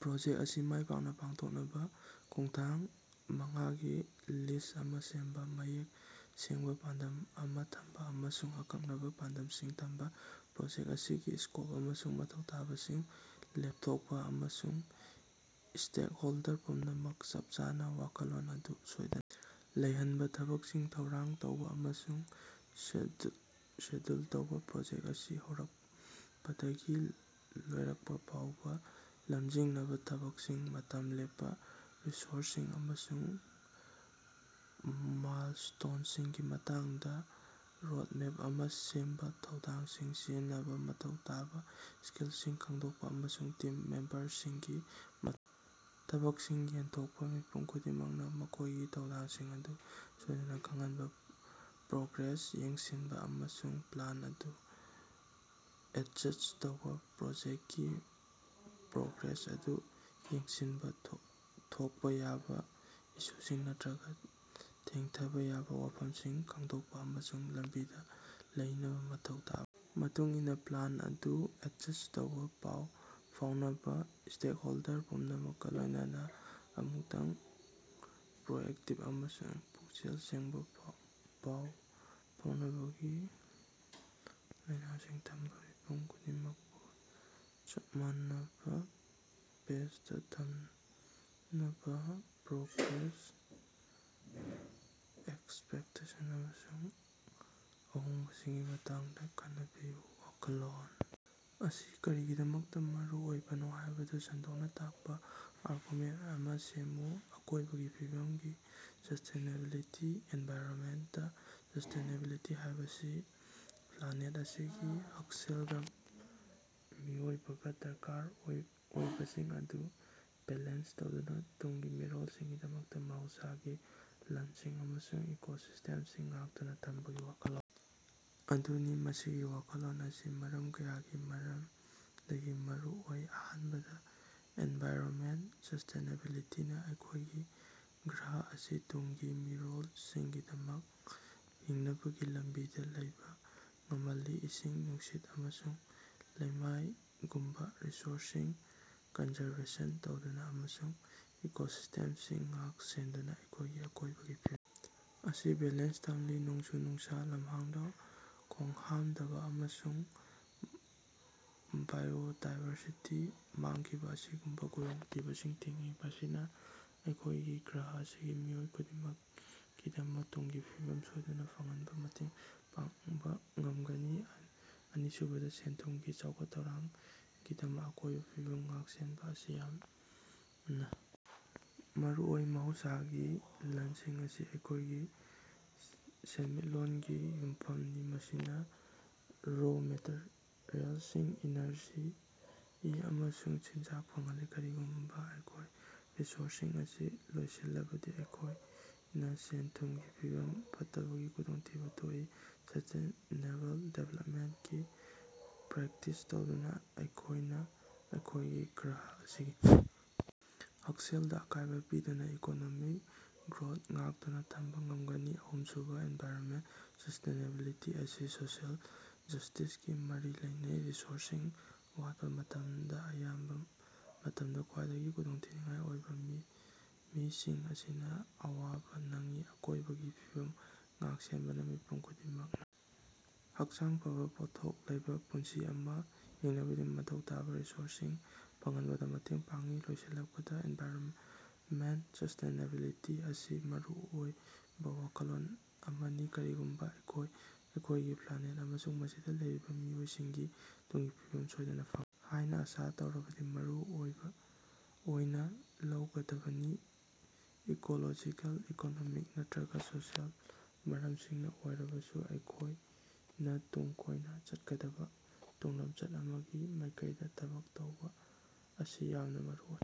Project ꯑꯁꯤ ꯃꯥꯏꯄꯥꯛꯅ ꯄꯥꯡꯊꯣꯛꯅꯕ ꯈꯣꯡꯊꯥꯡ ꯃꯉꯥꯒꯤ ꯂꯤꯁꯠ ꯑꯃ ꯁꯦꯝꯕ꯫ ꯃꯌꯦꯛ ꯁꯦꯡꯕ ꯄꯥꯟꯗꯝ ꯑꯃ ꯊꯝꯕ ꯑꯃꯁꯨꯡ ꯑꯀꯛꯅꯕ ꯄꯥꯟꯗꯝꯁꯤꯡ ꯊꯝꯕ: ꯄ꯭ꯔꯣꯖꯦꯛ ꯑꯁꯤꯒꯤ ꯁ꯭ꯀꯣꯞ ꯑꯃꯁꯨꯡ ꯃꯊꯧ ꯇꯥꯕꯁꯤꯡ ꯂꯦꯞꯊꯣꯛꯄ ꯑꯃꯁꯨꯡ ꯁ꯭ꯇꯦꯛꯍꯣꯜꯗꯔ ꯄꯨꯝꯅꯃꯛꯅ ꯆꯞ ꯃꯥꯟꯅꯕ ꯋꯥꯈꯜꯂꯣꯟ ꯑꯗꯨ ꯁꯣꯏꯗ ꯂꯩꯍꯟꯕ꯫ ꯊꯕꯛꯁꯤꯡ ꯊꯧꯔꯥꯡ ꯇꯧꯕ ꯑꯃꯁꯨꯡ ꯁ‌ꯦꯗ꯭ꯌꯨ ꯁꯦꯗ꯭ꯌꯨꯜ ꯇꯧꯕ: ꯄ꯭ꯔꯣꯖꯦꯛ ꯑꯁꯤ ꯍꯧꯔꯛꯄꯗꯒꯤ ꯂꯣꯏꯔꯛꯄꯐꯥꯎꯕ ꯂꯝꯖꯤꯡꯅꯕ ꯊꯕꯛꯁꯤꯡ, ꯃꯇꯝ ꯂꯦꯞꯄ, ꯔꯤꯁꯣꯔꯁꯁꯤꯡ ꯑꯃꯁꯨꯡ ꯃꯥꯏꯜꯁ꯭ꯇꯣꯟꯁꯤꯡꯒꯤ ꯃꯇꯥꯡꯗ ꯔꯣꯗꯃꯦꯞ ꯑꯃ ꯁꯦꯝꯕ꯫ ꯊꯧꯗꯥꯡꯁꯤꯡ ꯁꯤꯟꯅꯕ: ꯃꯊꯧ ꯇꯥꯕꯥ ꯁ꯭ꯀꯤꯜꯁꯤꯡ ꯈꯪꯗꯣꯛꯄ ꯑꯃꯁꯨꯡ ꯇꯤꯝ ꯃꯦꯝꯕꯔꯁꯤꯡꯒꯤ ꯃ ꯊꯕꯛꯁꯤꯡ ꯌꯦꯟꯊꯣꯛꯄ꯫ ꯃꯤꯄꯨꯝ ꯈꯨꯗꯤꯡꯃꯛꯅ ꯃꯈꯣꯏꯒꯤ ꯊꯧꯗꯥꯡꯁꯤꯡ ꯑꯗꯨ ꯁꯣꯏꯗꯅ ꯈꯪꯍꯟꯕ꯫ ꯄ꯭ꯔꯣꯒ꯭ꯔꯦꯁ ꯌꯦꯡꯁꯤꯟꯕ ꯑꯃꯁꯨꯡ ꯄ꯭ꯂꯥꯟ ꯑꯗꯨ ꯑꯦꯗꯖꯁ꯭ꯠ ꯇꯧꯕ: ꯄ꯭ꯔꯣꯖꯦꯛꯀꯤ ꯄ꯭ꯔꯣꯒ꯭ꯔꯦꯁ ꯑꯗꯨ ꯌꯦꯡꯁꯤꯟꯕ, ꯊꯣꯛꯄ ꯌꯥꯕ ꯏꯁꯨꯁꯤꯡ ꯅꯠꯇ꯭ꯔꯒ ꯊꯦꯡꯊꯕ ꯌꯥꯕ ꯋꯥꯐꯝꯁꯤꯡ ꯈꯪꯗꯣꯛꯄ, ꯑꯃꯁꯨꯡ ꯂꯝꯕꯤꯗ ꯂꯩꯅꯕ ꯃꯊꯧ ꯇꯥ ꯃꯇꯨꯡ ꯏꯟꯅ ꯄ꯭ꯂꯥꯟ ꯑꯗꯨ ꯑꯦꯗꯖꯁ꯭ꯠ ꯇꯧꯕ꯫ ꯄꯥꯎ ꯐꯥꯑꯣꯅꯕ: ꯁ꯭ꯇꯦꯛꯍꯣꯜꯗꯔ ꯄꯨꯝꯅꯃꯛꯀ ꯂꯣꯏꯅꯅ ꯑꯃꯨꯛꯇꯪ, ꯄ꯭ꯔꯣꯑꯦꯛꯇꯤꯕ ꯑꯃꯁꯨꯡ ꯄꯨꯛꯆꯦꯜ ꯁꯦꯡꯕ ꯄꯥꯎ ꯐꯥꯎꯅꯕꯒꯤ ꯂꯥꯏꯅꯁꯤꯡ ꯊꯝꯕ꯫ ꯃꯤꯄꯨꯝ ꯈꯨꯗꯤꯡꯃꯛꯄꯨ ꯆꯞ ꯃꯥꯟꯅꯕ ꯄꯦꯖꯗ ꯊꯝꯅꯕ ꯄ꯭ꯔꯣꯒ꯭ꯔꯦꯁ, ꯑꯦꯛꯁꯄꯦꯛꯇꯦꯁꯟ ꯑꯃꯁꯨꯡ ꯑꯍꯣꯡꯕꯁꯤꯡꯒꯤ ꯃꯇꯥꯡꯗ ꯈꯟꯅꯕꯤꯌꯨ꯫ ꯋꯥꯈꯜꯂꯣꯟ ꯑꯁꯤ ꯀꯔꯤꯒꯤꯗꯃꯛꯇ ꯃꯔꯨꯑꯣꯏꯕꯅꯣ ꯍꯥꯏꯕꯗꯨ ꯁꯟꯗꯣꯛꯅ ꯇꯥꯛꯄ ꯑꯥꯔꯒꯨꯃꯦꯟꯠ ꯑꯃ ꯁꯦꯝꯃꯨ꯫ ꯑꯀꯣꯏꯕꯒꯤ ꯐꯤꯕꯝꯒꯤ ꯁꯁ꯭ꯇꯦꯅꯦꯕꯤꯂꯤꯇꯤ꯫ ꯑꯦꯟꯚꯥꯏꯔꯟꯃꯦꯟꯇ ꯁꯁ꯭ꯇꯦꯅꯦꯕꯤꯂꯤꯇꯤ ꯍꯥꯏꯕꯁꯤ ꯄ꯭ꯂꯥꯅꯦꯠ ꯑꯁꯤꯒꯤ ꯍꯛꯁꯦꯜꯒ ꯃꯤꯑꯣꯏꯕꯒ ꯗꯔꯀꯥꯔ ꯑꯣꯏ ꯑꯣꯏꯕꯁꯤꯡ ꯑꯗꯨ ꯕꯦꯂꯦꯟꯁ ꯇꯧꯗꯨꯅ ꯇꯨꯡꯒꯤ ꯃꯤꯔꯣꯜꯁꯤꯡꯒꯤꯗꯃꯛ ꯃꯍꯧꯁꯒꯤ ꯂꯟꯁꯤꯡ ꯑꯃꯁꯨꯡ ꯏꯀꯣꯁꯤꯁ꯭ꯇꯦꯝꯁꯤꯡ ꯉꯥꯛꯇꯨꯅ ꯊꯝꯕꯒꯤ ꯋꯥꯈꯜꯂꯣꯟ ꯑꯗꯨꯅꯤ꯫ ꯃꯁꯤꯒꯤ ꯋꯥꯈꯜꯂꯣꯟ ꯑꯁꯤ ꯃꯔꯝ ꯀꯌꯥꯒꯤ ꯃꯔꯝꯗꯒꯤ ꯃꯔꯨꯑꯣꯏ꯫ ꯑꯍꯥꯟꯕꯗ, ꯑꯦꯟꯚꯥꯏꯔꯟꯃꯦꯟꯠ ꯁꯁ꯭ꯇꯦꯅꯦꯕꯤꯂꯤꯇꯤꯅ ꯑꯩꯈꯣꯏꯒꯤ ꯒ꯭ꯔꯍ ꯑꯁꯤ ꯇꯨꯡꯒꯤ ꯃꯤꯔꯣꯜꯁꯤꯡꯒꯤꯗꯃꯛ ꯍꯤꯡꯅꯕꯒꯤ ꯂꯝꯕꯤꯗ ꯂꯩꯕ ꯉꯝꯍꯜꯂꯤ꯫ ꯏꯁꯤꯡ, ꯅꯨꯡꯁꯤꯠ, ꯑꯃꯁꯨꯡ ꯂꯩꯃꯥꯏꯒꯨꯝꯕ ꯔꯤꯁꯣꯔꯁꯁꯤꯡ ꯀꯟꯖꯔꯕꯦꯁꯟ ꯇꯧꯗꯨꯅ, ꯑꯃꯁꯨꯡ ꯏꯀꯣꯁꯤꯁ꯭ꯇꯦꯝꯁꯤꯡ ꯉꯥꯛ-ꯁꯦꯟꯗꯨꯅ ꯑꯩꯈꯣꯏꯅ ꯑꯀꯣꯏꯕꯒꯤ ꯐꯤ ꯑꯁꯤ ꯕꯦꯂꯦꯟꯁ ꯊꯝꯂꯤ, ꯅꯣꯡꯖꯨ-ꯅꯨꯡꯁꯥ, ꯂꯝꯍꯥꯡꯗ ꯈꯣꯡꯍꯥꯝꯗꯕ, ꯑꯃꯁꯨꯡ ꯕꯥꯏꯑꯣꯗꯥꯏꯕꯔꯁꯤꯇꯤ ꯃꯥꯡꯈꯤꯕ ꯑꯁꯤꯒꯨꯝꯕ ꯈꯨꯗꯣꯡꯊꯤꯕꯁꯤꯡ ꯊꯤꯡꯏ꯫ ꯃꯁꯤꯅ ꯑꯩꯈꯣꯏꯒꯤ ꯒ꯭ꯔꯍ ꯑꯁꯤꯒꯤ ꯃꯤꯑꯣꯏ ꯈꯨꯗꯤꯡꯃꯛꯀꯤꯗꯃꯛ ꯇꯨꯡꯒꯤ ꯐꯤꯕꯝ ꯁꯣꯏꯗꯅ ꯐꯪꯍꯟꯕꯗ ꯃꯇꯦꯡ ꯄꯥꯡꯕ ꯉꯝꯒꯅꯤ꯫ ꯑꯅꯤꯁꯨꯕꯗ, ꯁꯦꯟ-ꯊꯨꯝꯒꯤ ꯆꯥꯎꯈꯠ-ꯊꯧꯔꯥꯡꯒꯤꯗꯃꯛ ꯑꯀꯣꯏꯕꯒꯤ ꯐꯤꯕꯝ ꯉꯥꯛ-ꯁꯦꯟꯕ ꯑꯁꯤ ꯌꯥꯝꯅ ꯃꯔꯨꯑꯣꯏ꯫ ꯃꯍꯧꯁꯥꯒꯤ ꯂꯟꯁꯤꯡ ꯑꯁꯤ ꯑꯩꯈꯣꯏꯒꯤ ꯁꯦꯟꯃꯤꯠꯂꯣꯟꯒꯤ ꯌꯨꯝꯐꯝꯅꯤ, ꯃꯁꯤꯅ ꯔꯣ ꯃꯦꯇꯔꯤꯌꯦꯜꯁꯤꯡ, ꯏꯅꯔꯖꯤ, ꯑꯃꯁꯨꯡ ꯆꯤꯟꯖꯥꯛ ꯐꯪꯍꯜꯂꯤ꯫ ꯀꯔꯤꯒꯨꯝꯕ ꯑꯩꯈꯣꯏꯅ ꯔꯤꯁꯣꯔꯁꯁꯤꯡ ꯑꯁꯤ ꯂꯣꯏꯁꯤꯜꯂꯕꯗꯤ ꯑꯩꯈꯣꯏꯅ ꯁꯦꯟ-ꯊꯨꯝꯒꯤ ꯐꯤꯕꯝ ꯐꯠꯇꯕꯒꯤ ꯈꯨꯗꯣꯡꯊꯤꯕ ꯊꯣꯛꯏ꯫ ꯁꯁ꯭ꯇꯦꯅꯦꯕꯜ ꯗꯤꯕꯦꯂꯞꯃꯦꯟꯠꯀꯤ ꯄ꯭ꯔꯦꯛꯇꯤꯁ ꯇꯧꯗꯨꯅ ꯑꯩꯈꯣꯏꯅ ꯑꯩꯈꯣꯏꯒꯤ ꯒ꯭ꯔꯍ ꯑꯁꯤ ꯍꯛꯁꯦꯜꯗ ꯑꯀꯥꯏꯕ ꯄꯤꯗꯅ ꯏꯀꯣꯅꯣꯃꯤꯛ ꯒ꯭ꯔꯣꯊ ꯉꯥꯛꯇꯨꯅ ꯊꯝꯕ ꯉꯝꯒꯅꯤ꯫ ꯑꯍꯨꯝꯁꯨꯕ, ꯑꯦꯟꯚꯥꯏꯔꯟꯃꯦꯟꯠ ꯁꯁ꯭ꯇꯦꯅꯦꯕꯤꯂꯤꯇꯤ ꯑꯁꯤ ꯁꯣꯁꯤꯑꯦꯜ ꯖꯁ꯭ꯇꯤꯁꯀꯤ ꯃꯔꯤ ꯂꯩꯅꯩ꯫ ꯔꯤꯁꯣꯔꯁꯁꯤꯡ ꯋꯥꯠꯄ ꯃꯇꯝꯗ, ꯑꯌꯥꯝꯕ ꯃꯇꯝꯗ ꯈ꯭ꯋꯥꯏꯗꯒꯤ ꯈꯨꯗꯣꯡꯊꯤꯅꯤꯉꯥꯏ ꯑꯣꯏꯕ ꯃꯤꯁꯤꯡ ꯑꯁꯤꯅ ꯑꯋꯥꯕ ꯅꯪꯏ꯫ ꯑꯀꯣꯏꯕꯒꯤ ꯐꯤꯕꯝ ꯉꯥꯛ-ꯁꯦꯟꯕꯅ ꯃꯤꯄꯨꯝ ꯈꯨꯗꯤꯡꯃꯛ ꯍꯛꯆꯥꯡ ꯐꯕ, ꯄꯣꯠꯊꯣꯛ ꯂꯩꯕ ꯄꯨꯟꯁꯤ ꯑꯃ ꯍꯤꯡꯅꯕꯒꯤꯗꯃꯛ ꯃꯊꯧ ꯇꯥꯕꯥ ꯔꯤꯁꯣꯔꯁꯁꯤꯡ ꯐꯪꯍꯟꯕꯗ ꯃꯇꯦꯡ ꯄꯥꯡꯏ꯫ ꯂꯣꯏꯁꯤꯜꯂꯛꯄꯗ, ꯑꯦꯟꯚꯥꯏꯔꯟꯃꯦꯟꯠ ꯁꯁ꯭ꯇꯦꯅꯦꯕꯤꯂꯤꯇꯤ ꯑꯁꯤ ꯃꯔꯨ ꯑꯣꯏꯕ ꯋꯥꯈꯜꯂꯣꯟ ꯑꯃꯅꯤ, ꯀꯔꯤꯒꯨꯝꯕꯥ ꯑꯩꯈꯣꯏ ꯑꯩꯈꯣꯏꯒꯤ ꯄ꯭ꯂꯥꯅꯦꯠ ꯑꯃꯁꯨꯡ ꯃꯁꯤꯗ ꯂꯩꯔꯤꯕ ꯃꯤꯑꯣꯏꯁꯤꯡꯒꯤ ꯇꯨꯡꯒꯤ ꯐꯤꯕꯝ ꯁꯣꯏꯗꯅ ꯐꯪ ꯍꯥꯏꯅ ꯑꯁꯥ ꯇꯧꯔꯕꯗꯤ ꯃꯔꯨ ꯑꯣꯏꯕ ꯑꯣꯏꯅ ꯂꯧꯒꯗꯕꯅꯤ꯫ ꯏꯀꯣꯂꯣꯖꯤꯀꯦꯜ, ꯏꯀꯣꯅꯣꯃꯤꯛ, ꯅꯠꯔꯒ ꯁꯣꯁꯤꯌꯦꯜ ꯃꯔꯝꯁꯤꯡ ꯑꯣꯏꯔꯕꯁꯨ, ꯑꯩꯈꯣꯌꯅ ꯇꯨꯡ ꯀꯣꯏꯅ ꯆꯠꯀꯗꯕ ꯇꯨꯡꯂꯝꯆꯠ ꯑꯃꯒꯤ ꯃꯥꯏꯀꯩꯗ ꯊꯕꯛ ꯇꯧꯕ ꯑꯁꯤ ꯌꯥꯝꯅ ꯃꯔꯨ ꯑ‌ꯣꯏ